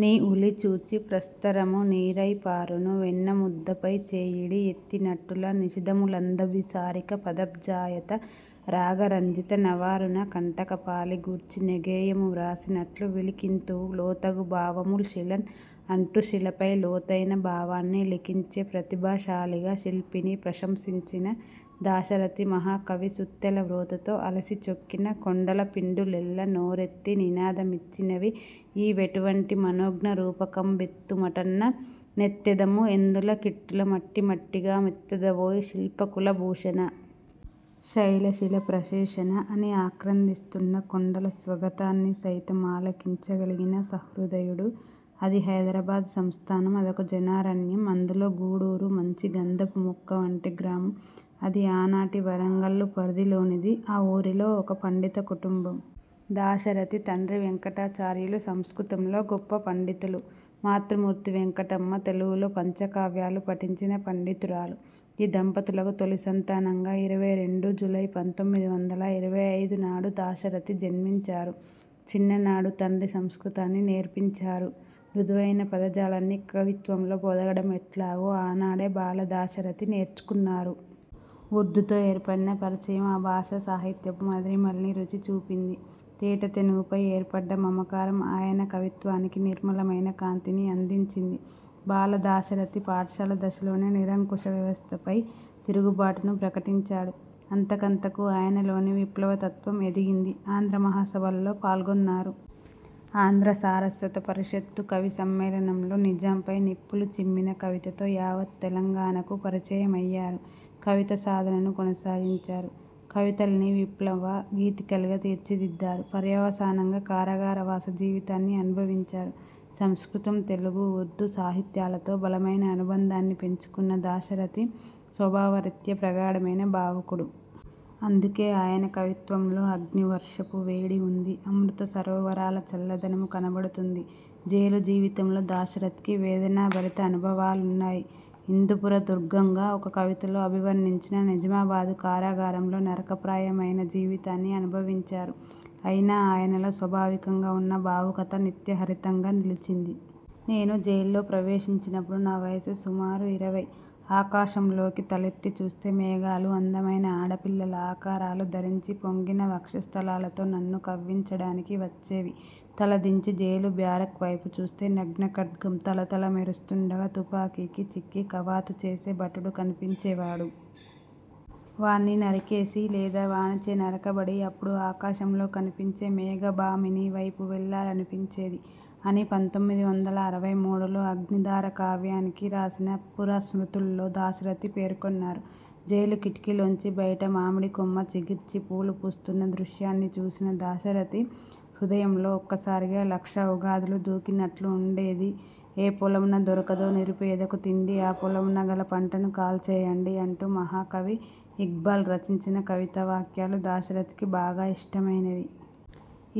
'నీ ఉలిచూచి ప్రస్తరమునీరయి పారును వెన్నముద్దపైచేయిడి యెత్తినట్టుల నిశీధములందభిసారికా పదాబ్జాయత రాగరంజిత నవారుణ కంటక పాళి గూర్చినేగేయము వ్రాసినట్లు, విలిఖింతువు లోతగు భావముల్ శిలన్'' అంటూ శిలపై లోతయిన భావాన్ని లిఖించే ప్రతిభా శాలిగా శిల్పిని ప్రశంసించిన దాశరథి మహాకవి- 'సుత్తెల మ్రోతతో అలసిచొక్కిన కొండల పిండులెల్ల నోరెత్తి నినాదమిచ్చినవిఈ వెటువంటి మనోజ్ఞ రూపకంబెత్తు మటన్న నెత్తెదము; ఎందుల కిట్టుల మట్టిమట్టిగామొత్తెదవోయి శిల్పకులభూషణ! శైల శిల ప్రషేషణా! ' అని ఆక్రందిస్తున్న కొండల స్వగతాన్ని సైతం ఆలకిం చగలిగిన సహృదయుడు. అది హైదరాబాద్ సంస్థానం. అదొక జనారణ్యం. అందులో గూడూరు మంచి గంధపు మొక్క వంటి గ్రామం. అది ఆనాటి వరంగల్లు పరిధిలోనిది. ఆ ఊరిలో ఒక పండిత కుటుంబం. దాశరథి తండ్రి వేంకటాచార్యులు. సంస్కృతంలో గొప్ప పండితులు. మాతృమూర్తి వేంకటమ్మ. తెలుగులో పంచకావ్యాలు పఠించిన పండితురాలు. ఈ దంపతులకు తొలి సంతానంగా ఇరవై రెండు జూలై పంతోమిది వందల ఇరవై ఐదు నాడు దాశరథి జన్మిం చారు. చిన్ననాడు తండ్రి సంస్కృతాన్ని నేర్పించారు. మృదు వైన పదజాలాన్ని కవిత్వంలో పొదగడం ఎట్లాగో ఆనాడే బాల దాశరథి నేర్చుకున్నారు. ఉర్ధుతో ఏర్పడిన పరిచయం ఆ భాష సాహిత్యపు మధురిమల్ని రుచి చూపింది. తేట తెనుగుపై ఏర్పడ్డ మమకారం ఆయన కవిత్వానికి నిర్మల మైన కాంతిని అందించింది. బాల దాశరథి పాఠశాల దశలోనే నిరంకుశ వ్యవస్థపై తిరుగుబాటును ప్రకటించాడు. అంతకంతకూ ఆయనలోని విప్లవతత్వం ఎదిగింది. ఆంధ్ర మహాసభల్లో పాల్గొన్నారు. ఆంధ్ర సారస్వత పరిషత్తు కవి సమ్మేళనం లో నిజాంపై నిప్పులు చిమ్మిన కవితతో యావత్ తెలంగాణకు పరిచయమ య్యారు. కవిత సాధనను కొనసాగించారు. కవితల్ని విప్లవ గీతికలుగా తీర్చిదిద్దారు. పర్యవసానంగా కారాగారవాస జీవితాన్ని అనుభవించారు. సంస్కృతం, తెలుగు, ఉర్దూ సాహిత్యాలతో బలమైన అనుబంధాన్ని పెంచుకున్న దాశరథి స్వభావరీత్య ప్రగాఢ మైన భావకుడు. అందుకే ఆయన కవిత్వంలో అగ్నివర్షపు వేడి ఉంది. అమృత సరోవరాల చల్లదము కనబడు తుంది. జైలు జీవితంలో దాశరథికి వేదనాభరిత అనుభవా లున్నాయి. ఇందుపుర దుర్గంగా ఒక కవితలో అభివర్ణించిన నిజమాబాదు కారాగారంలో నరకప్రాయమైన జీవితాన్ని అనుభవించారు. అయినా ఆయనలో స్వభావికంగా ఉన్న భావుకత నిత్యహరితంగా నిలిచింది. ''నేను జైల్లో ప్రవేశిం చినపుడు నా వయస్సు సుమారు ఇరవై. ఆకాశంలోకి తలెత్తి చూస్తే మేఘాలు అందమైన ఆడపిల్లల ఆకారాలు ధరించి పొంగిన వక్షస్థలాలతో నన్ను కవ్వించడానికి వచ్చేవి. తల దించి జైలు బ్యారక్ వైపు చూస్తే, నగ్న ఖడ్గం తళతళ మెరు స్తుండగా తుపాకీకి చిక్కి కవాతుచేసే భటుడు కనిపించే వాడు. వాణ్ణి నరికేసి, లేదా వానిచే నరకబడి అపుడు ఆకాశంలో కనిపించే మేఘభామిని వైపు వెళ్లాలనిపించేది'' అని పంతొమ్మిది వందల అరవై మూడు లో 'అగ్నిధార' కావ్యానికి రాసిన 'పురాస్మృతు'ల్లో దాశరథి పేర్కొన్నారు. జైలు కిటికీ లోంచి బయట మామిడి కొమ్మ చిగిర్చి పూలు పూస్తున్న దృశ్యాన్ని చూసిన దాశరథి హృదయంలో ఒక్కసారిగా లక్ష ఉగాదులు దూకినట్లు ఉండేది: ''ఏ పొలమున దొరకదొ నిరుపేదకు తిండి ఆ పొలమున గల పంటను కాల్చే యండి'' అంటూ మహా కవి ఇక్బాల్ రచించిన కవితా వాక్యాలు దాశరథికి బాగా ఇష్టమైనవి.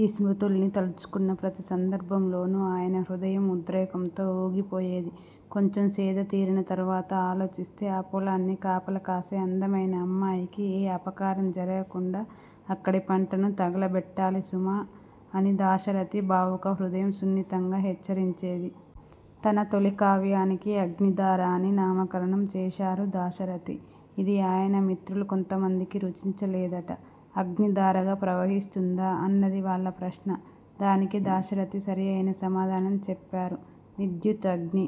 ఈ స్మృతుల్ని తలచుకున్న ప్రతి సందర్భంలోను ఆయన హృదయం ఉద్రేకంతో ఊగిపోయేది. కొంచెం సేద తీరిన తరువాత ఆలోచిస్తే ''ఆ పొలాన్ని కాపలకాసె అందమైన అమ్మాయికి ఏ అపకారం జరగకుండా అక్కడి పంటను తగులబెట్టాలి సుమా! '' అని దాశ రథి భావుక హృదయం సున్నితంగా హెచ్చరించేది. తన తొలి కావ్యానికి 'అగ్నిధార' అని నామకరణం చేశారు దాశరథి. ఇది ఆయన మిత్రులు కొంతమందికి రుచించలేదట. ''అగ్ని ధారగా ప్రవహిస్తుందా? '' అన్నది వాళ్ళ ప్రశ్న. దానికి దాశరథి సరియైున సమాధానం చెప్పారు: ''విద్యుత్ అగ్ని